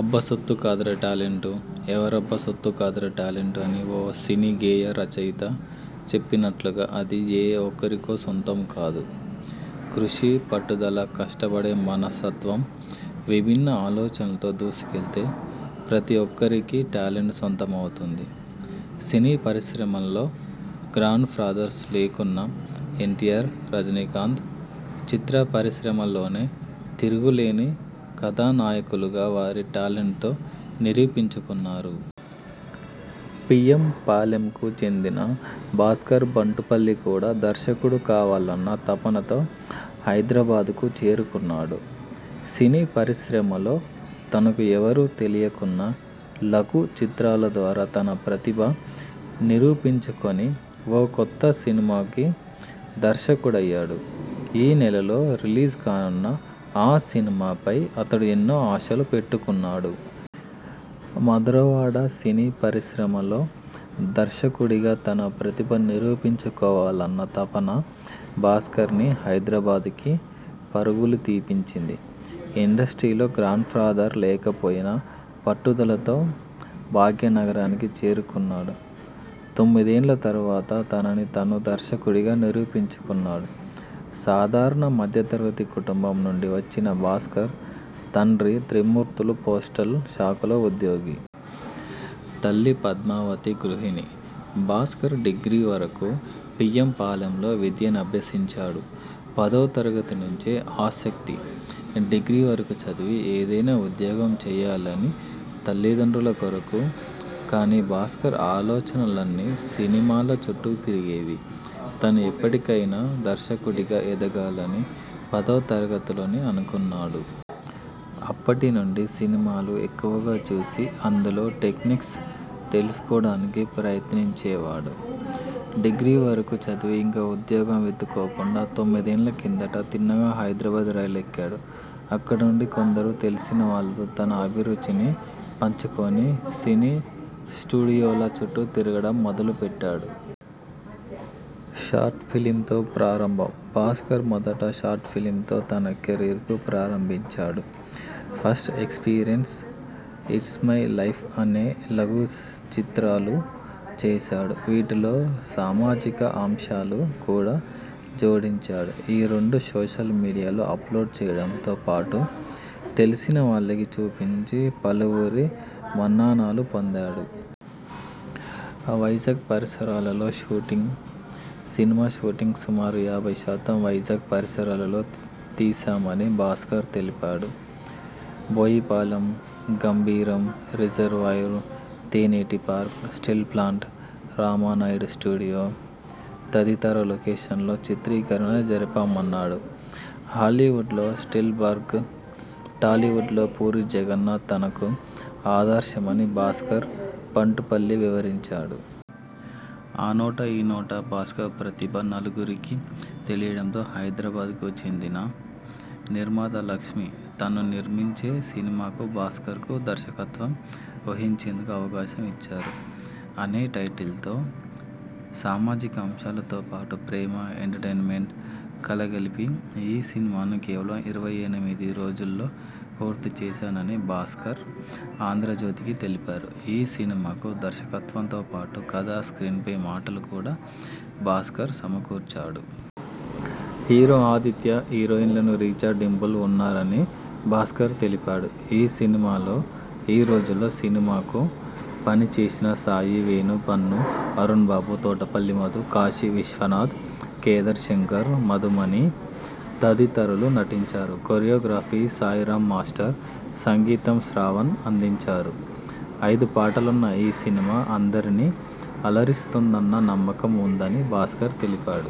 అబ్బ సొత్తు కాదురా టాలెంటు.. ఎవరబ్బ సొత్తు కాదురా టాలెంటూ అని ఓ సినీ గేయ రచయత చెప్పినట్లుగా అది ఏ ఒకరికో సొంతం కాదు. కృషి, పట్టుదల, కష్టపడే మనస్తత్వం, విభిన్న ఆలోచనలతో దూసుకెళ్తే ప్రతి ఒక్కరికీ టాలెంట్ సొంతమవుతుంది. సినీ పరిశ్రమల్లో గ్రాండ్ ఫాదర్స్ లేకున్నా ఎన్టీఆర్, రజినీకాంత్ చిత్ర పరిశ్రమల్లోనే తిరుగులేని కథానాయకులుగా వారి టాలెంట్తో నిరూపించుకున్నారు. పీఎం పాలెంకు చెందిన భాస్కర్ బంటుపల్లి కూడా దర్శకుడు కావాలన్న తపనతో హైదరాబాద్కు చేరుకున్నాడు. సినీ పరిశ్రమలో తనకు ఎవరూ తెలియకున్నా లఘు చిత్రాల ద్వారా తన ప్రతిభ నిరూపించుకొని ఓ కొత్త సినిమాకి దర్శకుడయ్యాడు. ఈ నెలలో రిలీజ్ కానున్న ఆ సినిమాపై అతడు ఎన్నో ఆశలు పెట్టుకున్నాడు. మధురవాడ సినీ పరిశ్రమలో దర్శకుడిగా తన ప్రతిభ నిరూపించుకోవాలన్న తపన భాస్కర్ని హైదరాబాద్కి పరుగులు తీయించింది. ఇండస్ట్రీలో గాడ్ ఫాదర్ లేకపోయినా పట్టుదలతో భాగ్యనగరానికి చేరుకున్నాడు. తొమ్మిదేండ్ల తరువాత తనని తాను దర్శకుడిగా నిరూపించుకున్నాడు. సాధారణ మధ్యతరగతి కుటుంబం నుండి వదచ్చిన భాస్కర్ తండ్రి త్రిమూర్తులు పోస్టల్ శాఖలో ఉద్యోగి. తల్లి పద్మావతి గృహిణి. భాస్కర్ డిగ్రీ వరకు పీఎం పాలెంలో విద్యనభ్యసించాడు. పదో తరగతి నుంచే ఆసక్తి.. డిగ్రీ వరకూ చదివి ఏదైనా ఉద్యోగం చెయ్యాలని తల్లిదండ్రుల కొరకు. కానీ భాస్కర్ ఆలోచనలన్నీ సినిమాల చుట్టూ తిరిగేవి. తను ఎప్పటికైనా దర్శకుడిగా ఎదగాలని పదో తరగతిలోనే అనుకున్నాడు. అప్పటి నుండి సినిమాలు ఎక్కువుగా చూసి అందులో టెక్నిక్స్ తెలుసుకోడానికి ప్రయత్నించేవాడు. డిగ్రీవరకు చదివి ఇంకా ఉద్యోగం వెతుక్కోకుండా తొమ్మిదేండ్ల కిందట తిన్నగా హైదరాబాద్ రైలెక్కేడు. అక్కడి నుండి కొందరు తెలిసిన వాళ్లతో తన అభిరుచిని పంచుకొని సినీ స్టూడియోల చుట్టూ తిరగడం మొదలు పెట్టాడు. షార్ట్ ఫిల్మింతో ప్రారంభం భాస్కర్ మొదట షార్ట్ ఫిల్మింతో తన కెరీర్ను ప్రారంభించాడు. First experience, it's my life అనే లఘు చిత్రాలు చేశాడు. వీటిలో సామాజిక అంశాలు కూడా జోడించాడు. ఈ రెండూ సోషల్ మీడియాలో అప్లోడ్ చేయడంతో పాటు తెలిసిన వాళ్ళకి చూపించి పలువురి మన్ననలు పొందాడు. వైజాగ్ పరిసరాలలో షూటింగ్.. సినిమా షూటింగ్ సుమారు యాభై శాతం వైజాగ్ పరిసరాలలో తీశామని భాస్కర్ తెలిపాడు Boyipalem Gambheeram reservoir, Tenneti park, steel plant, Ramanaidu studio తదితర లొకేషన్లో చిత్రీకరణ జరిపామన్నాడు. హాలీవుడ్లో స్టీల్ బర్గ్, టాలీవుడ్లో పూరీ జగన్నాథ్ తనకు ఆదర్శమని భాస్కర్ బంటుపల్లి వివరించాడు. ఆనోటా.. ఈనోటా భాస్కర్ ప్రతిభ నలుగురికీ తెలియడంతో హైదరాబాద్కు చెందిన నిర్మాత లక్ష్మి.. తాను నిర్మించే సినిమాకు భాస్కర్కు దర్శకత్వం వహించేందుకు అవకాశం ఇచ్చారు. అనే టైటిల్తో సామాజిక అంశాలతో పాటు ప్రేమ, ఎంటర్టైన్మెంట్ కలగలిపి ఈ సినిమాను కేవలం ఇరవై ఎనిమిది రోజుల్లో పూర్తి చేశానని భాస్కర్ 'ఆంధ్రజ్యోతి'కి తెలిపారు ఈ సినిమాకు దర్శకత్వంతో పాటు కథ, స్ర్కీన్ప్లే, మాటలు కూడా భాస్కర్ సమకూర్చాడు. హీరో ఆదిత్య, హీరోయిన్లు రిచా, డింపుల్ ఉన్నారని భాస్కర్ తెలిపాడు. ఈ సినిమాలో ఈ రోజుల్లో సినిమాకు పనిచేసిన సాయి, వేణు, బన్ను, అరుణ్బాబు, తోటపల్లి మధు, కాశీవిశ్వనాథ్, కేదార్ శంకర్, మధుమణి తదితరులు నటించారు. కొరియాగ్రఫీ సాయిరామ్ మాస్టర్, సంగీతం శ్రావణ్ అందించారు. ఐదు పాటలున్న ఈ సినిమా అందరినీ అలరిస్తుందన్న నమ్మకం ఉందని భాస్కర్ తెలిపాడు.